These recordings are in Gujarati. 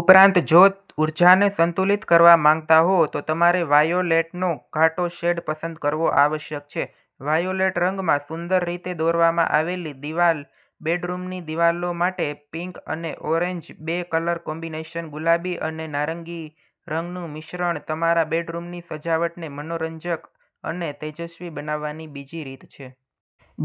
ઉપરાંત, જો તમે ઊર્જાને સંતુલિત કરવા માંગતા હો, તો તમારે વાયોલેટનો ઘાટો શેડ પસંદ કરવો આવશ્યક છે. વાયોલેટ રંગમાં સુંદર રીતે દોરવામાં આવેલી દિવાલબેડરૂમની દિવાલો માટે પિંક અને ઓરેન્જ બે કલર કોમ્બિનેશન ગુલાબી અને નારંગી રંગનું મિશ્રણતમારા બેડરૂમની સજાવટને મનોરંજક અને તેજસ્વી બનાવવાની બીજી રીત છે.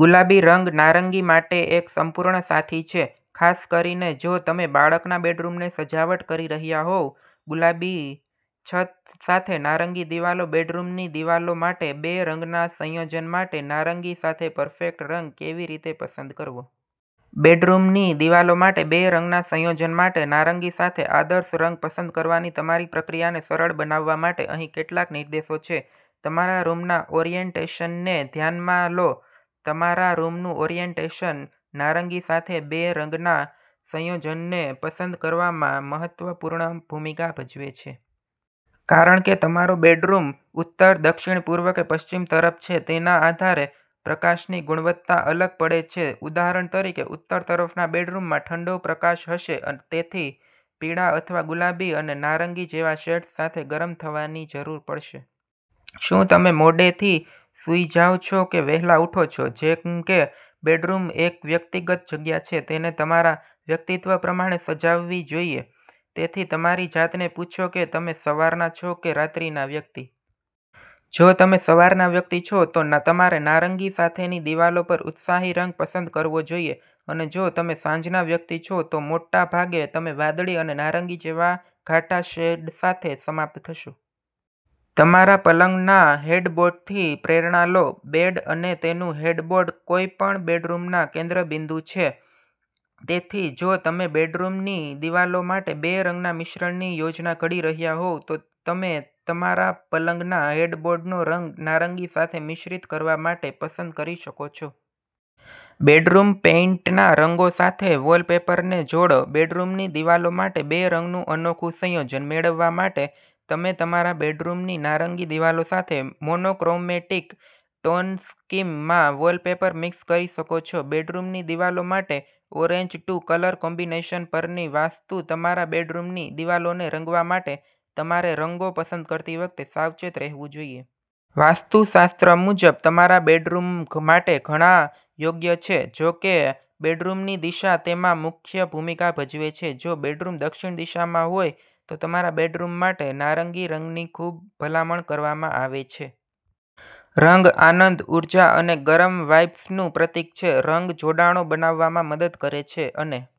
ગુલાબી રંગ નારંગી માટે એક સંપૂર્ણ સાથી છે, ખાસ કરીને જો તમે બાળકના બેડરૂમને સજાવટ કરી રહ્યાં હોવ. ગુલાબી છત સાથે નારંગી દિવાલો બેડરૂમની દિવાલો માટે બે રંગના સંયોજન માટે નારંગી સાથે પરફેક્ટ રંગ કેવી રીતે પસંદ કરવો? બેડરૂમની દિવાલો માટે બે રંગના સંયોજન માટે નારંગી સાથે આદર્શ રંગ પસંદ કરવાની તમારી પ્રક્રિયાને સરળ બનાવવા માટે, અહીં કેટલાક નિર્દેશો છે. તમારા રૂમના ઓરિએન્ટેશનને ધ્યાનમાં લો તમારા રૂમનું ઓરિએન્ટેશન નારંગી સાથે બે રંગના સંયોજનને પસંદ કરવામાં મહત્વપૂર્ણ ભૂમિકા ભજવે છે. કારણછે કે તમારો બેડરૂમ ઉત્તર, દક્ષિણ, પૂર્વ કે પશ્ચિમ તરફ છે તેના આધારે પ્રકાશની ગુણવત્તા અલગ પડે છે. ઉદાહરણ તરીકે, ઉત્તર તરફના બેડરૂમમાં ઠંડો પ્રકાશ હશે અને તેથી, પીળા અથવા ગુલાબી અને નારંગી જેવા શેડ્સ સાથે ગરમ થવાની જરૂર પડશે. શું તમે મોડેથી સૂઈ જાઓ છો કે વહેલા ઉઠો છો? જેમ કે બેડરૂમ એક વ્યક્તિગત જગ્યા છે, તેને તમારા વ્યક્તિત્વ પ્રમાણે સજાવવી જોઈએ. તેથી, તમારી જાતને પૂછો કે તમે સવારના છો કે રાત્રિના વ્યક્તિ. જો તમે સવારના વ્યક્તિ છો, તો તમારે નારંગી સાથેની દિવાલો પર ઉત્સાહી રંગ પસંદ કરવો જોઈએ, અને જો તમે સાંજના વ્યક્તિ છો, તો મોટા ભાગે તમે વાદળી અને નારંગી જેવા ઘાટા શેડ સાથે સમાપ્ત થશો. તમારા પલંગના હેડબોર્ડથી પ્રેરણા લો બેડ અને તેનું હેડબોર્ડ કોઈપણ બેડરૂમના કેન્દ્રબિંદુ છે. તેથી, જો તમે બેડરૂમની દિવાલો માટે બે રંગના મિશ્રણની યોજના ઘડી રહ્યા હોવ, તો તમે તમારા પલંગના હેડબોર્ડનો રંગ નારંગી સાથે મિશ્રિત કરવા માટે પસંદ કરી શકો છો. બેડરૂમ પેઈન્ટના રંગો સાથે વોલપેપરને જોડો બેડરૂમની દિવાલો માટે બે રંગનું અનોખું સંયોજન મેળવવા માટે, તમે તમારા બેડરૂમની નારંગી દિવાલો સાથે મોનોક્રોમેટિક ટોન સ્કીમ માં વૉલપેપર મિક્સ કરી શકો છો. બેડરૂમની દિવાલો માટે ઓરેન્જ ટુ કલર કોમ્બિનેશન પરની વાસ્તુ તમારા બેડરૂમની દિવાલોને રંગવા માટે, તમારે રંગો પસંદ કરતી વખતે સાવચેત રહેવું જોઈએ. વાસ્તુશાસ્ત્ર મુજબ, તમારા બેડરૂમ માટે ઘણા યોગ્ય છે. જો કે, બેડરૂમની દિશા તેમાં મુખ્ય ભૂમિકા ભજવે છે. જો બેડરૂમ દક્ષિણ દિશામાં હોય તો તમારા બેડરૂમ માટે નારંગી રંગની ખૂબ ભલામણ કરવામાં આવે છે. રંગ આનંદ, ઉર્જા અને ગરમ વાઇબ્સનું પ્રતીક છે. રંગ જોડાણો બનાવવામાં મદદ કરે છે અને